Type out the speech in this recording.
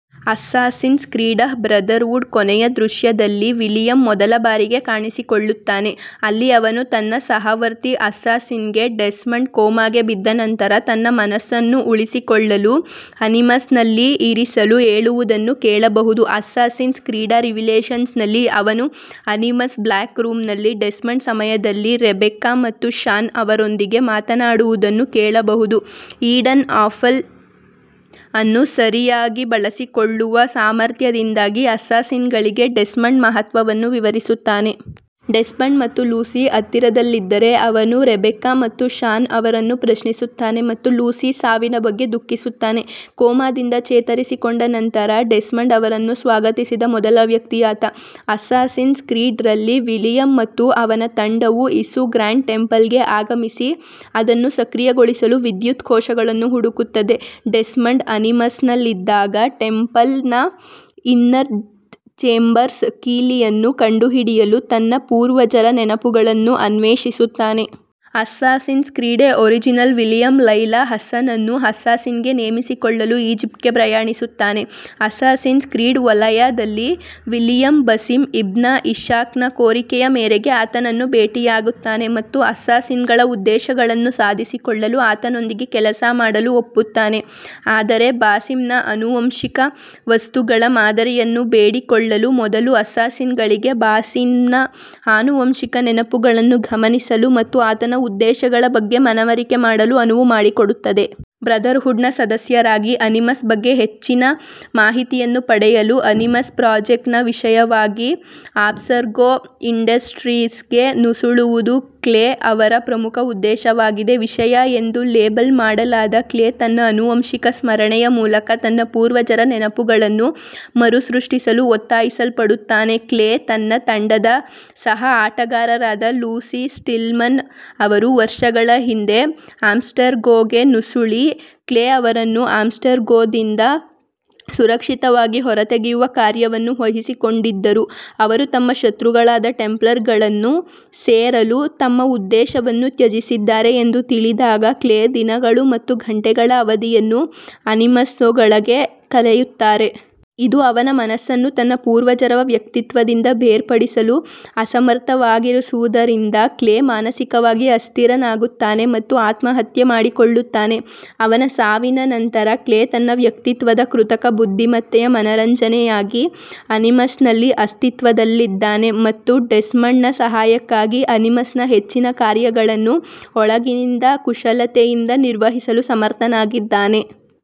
Assassin's creed ಬ್ರದರ್ಹುಡ್ನ ಕೊನೆಯ ದೃಶ್ಯದಲ್ಲಿ William ಮೊದಲ ಬಾರಿಗೆ ಕಾಣಿಸಿಕೊಳ್ಳುತ್ತಾನೆ, ಅಲ್ಲಿ ಅವನು ತನ್ನ ಸಹವರ್ತಿ ಅಸ್ಸಾಸಿನ್ಸ್ಗೆ ಡೆಸ್ಮಂಡ್ ಕೋಮಾಗೆ ಬಿದ್ದ ನಂತರ ತನ್ನ ಮನಸ್ಸನ್ನು ಉಳಿಸಿಕೊಳ್ಳಲು ಅನಿಮಸ್ನಲ್ಲಿ ಇರಿಸಲು ಹೇಳುವುದನ್ನು ಕೇಳಬಹುದು. ಅಸ್ಸಾಸಿನ್ಸ್ ಕ್ರೀಡ್ಃ ರಿವಿಲೇಷನ್ಸ್ ನಲ್ಲಿ, ಅವನು ಅನಿಮಸ್ ಬ್ಲ್ಯಾಕ್ ರೂಮ್ನಲ್ಲಿ ಡೆಸ್ಮಂಡ್ನ ಸಮಯದಲ್ಲಿ ರೆಬೆಕ್ಕಾ ಮತ್ತು ಶಾನ್ ಅವರೊಂದಿಗೆ ಮಾತನಾಡುವುದನ್ನು ಕೇಳಬಹುದು, ಈಡನ್ ಆಪಲ್ ಅನ್ನು ಸರಿಯಾಗಿ ಬಳಸಿಕೊಳ್ಳುವ ಸಾಮರ್ಥ್ಯದಿಂದಾಗಿ ಅಸ್ಸಾಸಿನ್ಗಳಿಗೆ ಡೆಸ್ಮಂಡ್ನ ಮಹತ್ವವನ್ನು ವಿವರಿಸುತ್ತಾನೆ. ಡೆಸ್ಮಂಡ್ ಮತ್ತು ಲೂಸಿ ಹತ್ತಿರದಲ್ಲಿದ್ದರೆ ಅವನು ರೆಬೆಕ್ಕಾ ಮತ್ತು ಶಾನ್ ಅವರನ್ನು ಪ್ರಶ್ನಿಸುತ್ತಾನೆ ಮತ್ತು ಲೂಸಿ ಸಾವಿನ ಬಗ್ಗೆ ದುಃಖಿಸುತ್ತಾನೆ. ಕೋಮಾದಿಂದ ಚೇತರಿಸಿಕೊಂಡ ನಂತರ ಡೆಸ್ಮಂಡ್ ಅವರನ್ನು ಸ್ವಾಗತಿಸಿದ ಮೊದಲ ವ್ಯಕ್ತಿ ಆತ. ಅಸ್ಸಾಸಿನ್ಸ್ ಕ್ರೀಡ್ ರಲ್ಲಿ, ವಿಲಿಯಂ ಮತ್ತು ಅವನ ತಂಡವು ಇಸು ಗ್ರ್ಯಾಂಡ್ ಟೆಂಪಲ್ಗೆ ಆಗಮಿಸಿ ಅದನ್ನು ಸಕ್ರಿಯಗೊಳಿಸಲು ವಿದ್ಯುತ್ ಕೋಶಗಳನ್ನು ಹುಡುಕುತ್ತದೆ, ಡೆಸ್ಮಂಡ್ ಅನಿಮಸ್ನಲ್ಲಿದ್ದಾಗ, ಟೆಂಪಲ್ನ ಇನ್ನರ್ ಚೇಂಬರ್ಸ್ನ ಕೀಲಿಯನ್ನು ಕಂಡುಹಿಡಿಯಲು ತನ್ನ ಪೂರ್ವಜರ ನೆನಪುಗಳನ್ನು ಅನ್ವೇಷಿಸುತ್ತಾನೆ. ಅಸ್ಸಾಸಿನ್ಸ್ ಕ್ರೀಡ್ ಒರಿಜಿನ್ಸ್ನಲ್ಲಿ, ವಿಲಿಯಂ ಲೈಲಾ ಹಸನ್ನನ್ನು ಅಸ್ಸಾಸಿನ್ಸ್ಗೆ ನೇಮಿಸಿಕೊಳ್ಳಲು ಈಜಿಪ್ಟ್ಗೆ ಪ್ರಯಾಣಿಸುತ್ತಾನೆ. ಅಸ್ಸಾಸಿನ್ಸ್ ಕ್ರೀಡ್ ವಲ್ಹಲ್ಲಾದಲ್ಲಿ, ವಿಲಿಯಂ ಬಸಿಂ ಇಬ್ನ್ ಇಶಾಕ್ನ ಕೋರಿಕೆಯ ಮೇರೆಗೆ ಆತನನ್ನು ಭೇಟಿಯಾಗುತ್ತಾನೆ ಮತ್ತು ಅಸ್ಸಾಸಿನ್ಗಳ ಉದ್ದೇಶಗಳನ್ನು ಸಾಧಿಸಲು ಆತನೊಂದಿಗೆ ಕೆಲಸ ಮಾಡಲು ಒಪ್ಪುತ್ತಾನೆ, ಆದರೆ ಬಾಸಿಂನ ಆನುವಂಶಿಕ ವಸ್ತುಗಳ ಮಾದರಿಯನ್ನು ಬೇಡಿಕೊಳ್ಳುವ ಮೊದಲು, ಅಸ್ಸಾಸಿನ್ಗಳಿಗೆ ಬಾಸಿಂನ ಆನುವಂಶಿಕ ನೆನಪುಗಳನ್ನು ಗಮನಿಸಲು ಮತ್ತು ಆತನ ಉದ್ದೇಶಗಳ ಬಗ್ಗೆ ಮನವರಿಕೆ ಮಾಡಲು ಅನುವು ಮಾಡಿಕೊಡುತ್ತದೆ. ಬ್ರದರ್ಹುಡ್ನ ಸದಸ್ಯರಾಗಿ, ಅನಿಮಸ್ ಬಗ್ಗೆ ಹೆಚ್ಚಿನ ಮಾಹಿತಿಯನ್ನು ಪಡೆಯಲು ಅನಿಮಸ್ ಪ್ರಾಜೆಕ್ಟ್ನ ವಿಷಯವಾಗಿ ಅಬ್ಸ್ಟರ್ಗೊ ಇಂಡಸ್ಟ್ರೀಸ್ಗೆ ನುಸುಳುವುದು ಕ್ಲೇ ಅವರ ಪ್ರಮುಖ ಉದ್ದೇಶವಾಗಿದೆ. ವಿಷಯ ಎಂದು ಲೇಬಲ್ ಮಾಡಲಾದ ಕ್ಲೇ ತನ್ನ ಆನುವಂಶಿಕ ಸ್ಮರಣೆಯ ಮೂಲಕ ತನ್ನ ಪೂರ್ವಜರ ನೆನಪುಗಳನ್ನು ಮರುಸೃಷ್ಟಿಸಲು ಒತ್ತಾಯಿಸಲ್ಪಡುತ್ತಾನೆ. ಕ್ಲೇ ತನ್ನ ತಂಡದ ಸಹ ಆಟಗಾರರಾದ ಲೂಸಿ ಸ್ಟಿಲ್ಮನ್-ಅವರು ವರ್ಷಗಳ ಹಿಂದೆ ಅಬ್ಸ್ಟೆರ್ಗೊಗೆ ನುಸುಳಿ, ಕ್ಲೇ ಅವರನ್ನು ಅಬ್ಸ್ಟೆರ್ಗೊದಿಂದ ಸುರಕ್ಷಿತವಾಗಿ ಹೊರತೆಗೆಯುವ ಕಾರ್ಯವನ್ನು ವಹಿಸಿಕೊಂಡಿದ್ದರು-ಅವರು ತಮ್ಮ ಶತ್ರುಗಳಾದ ಟೆಂಪ್ಲರ್ಗಳನ್ನು ಸೇರಲು ತಮ್ಮ ಉದ್ದೇಶವನ್ನು ತ್ಯಜಿಸಿದ್ದಾರೆ ಎಂದು ತಿಳಿದಾಗ, ಕ್ಲೇ ದಿನಗಳು ಮತ್ತು ಗಂಟೆಗಳ ಅವಧಿಯನ್ನು ಅನಿಮಸ್ನೊಳಗೆ ಕಳೆಯುತ್ತಾರೆ. ಇದು ಅವನ ಮನಸ್ಸನ್ನು ತನ್ನ ಪೂರ್ವಜರ ವ್ಯಕ್ತಿತ್ವದಿಂದ ಬೇರ್ಪಡಿಸಲು ಅಸಮರ್ಥವಾಗಿಸುವುದರಿಂದ, ಕ್ಲೇ ಮಾನಸಿಕವಾಗಿ ಅಸ್ಥಿರನಾಗುತ್ತಾನೆ ಮತ್ತು ಆತ್ಮಹತ್ಯೆ ಮಾಡಿಕೊಳ್ಳುತ್ತಾನೆ. ಅವನ ಸಾವಿನ ನಂತರ, ಕ್ಲೇ ತನ್ನ ವ್ಯಕ್ತಿತ್ವದ ಕೃತಕ ಬುದ್ಧಿಮತ್ತೆಯ ಮನರಂಜನೆಯಾಗಿ ಅನಿಮಸ್ನಲ್ಲಿ ಅಸ್ತಿತ್ವದಲ್ಲಿದ್ದಾನೆ ಮತ್ತು ಡೆಸ್ಮಂಡ್ನ ಸಹಾಯಕ್ಕಾಗಿ ಅನಿಮಸ್ನ ಹೆಚ್ಚಿನ ಕಾರ್ಯಕ್ರಮಗಳನ್ನು ಒಳಗಿನಿಂದ ಕುಶಲತೆಯಿಂದ ನಿರ್ವಹಿಸಲು ಸಮರ್ಥನಾಗಿದ್ದಾನೆ.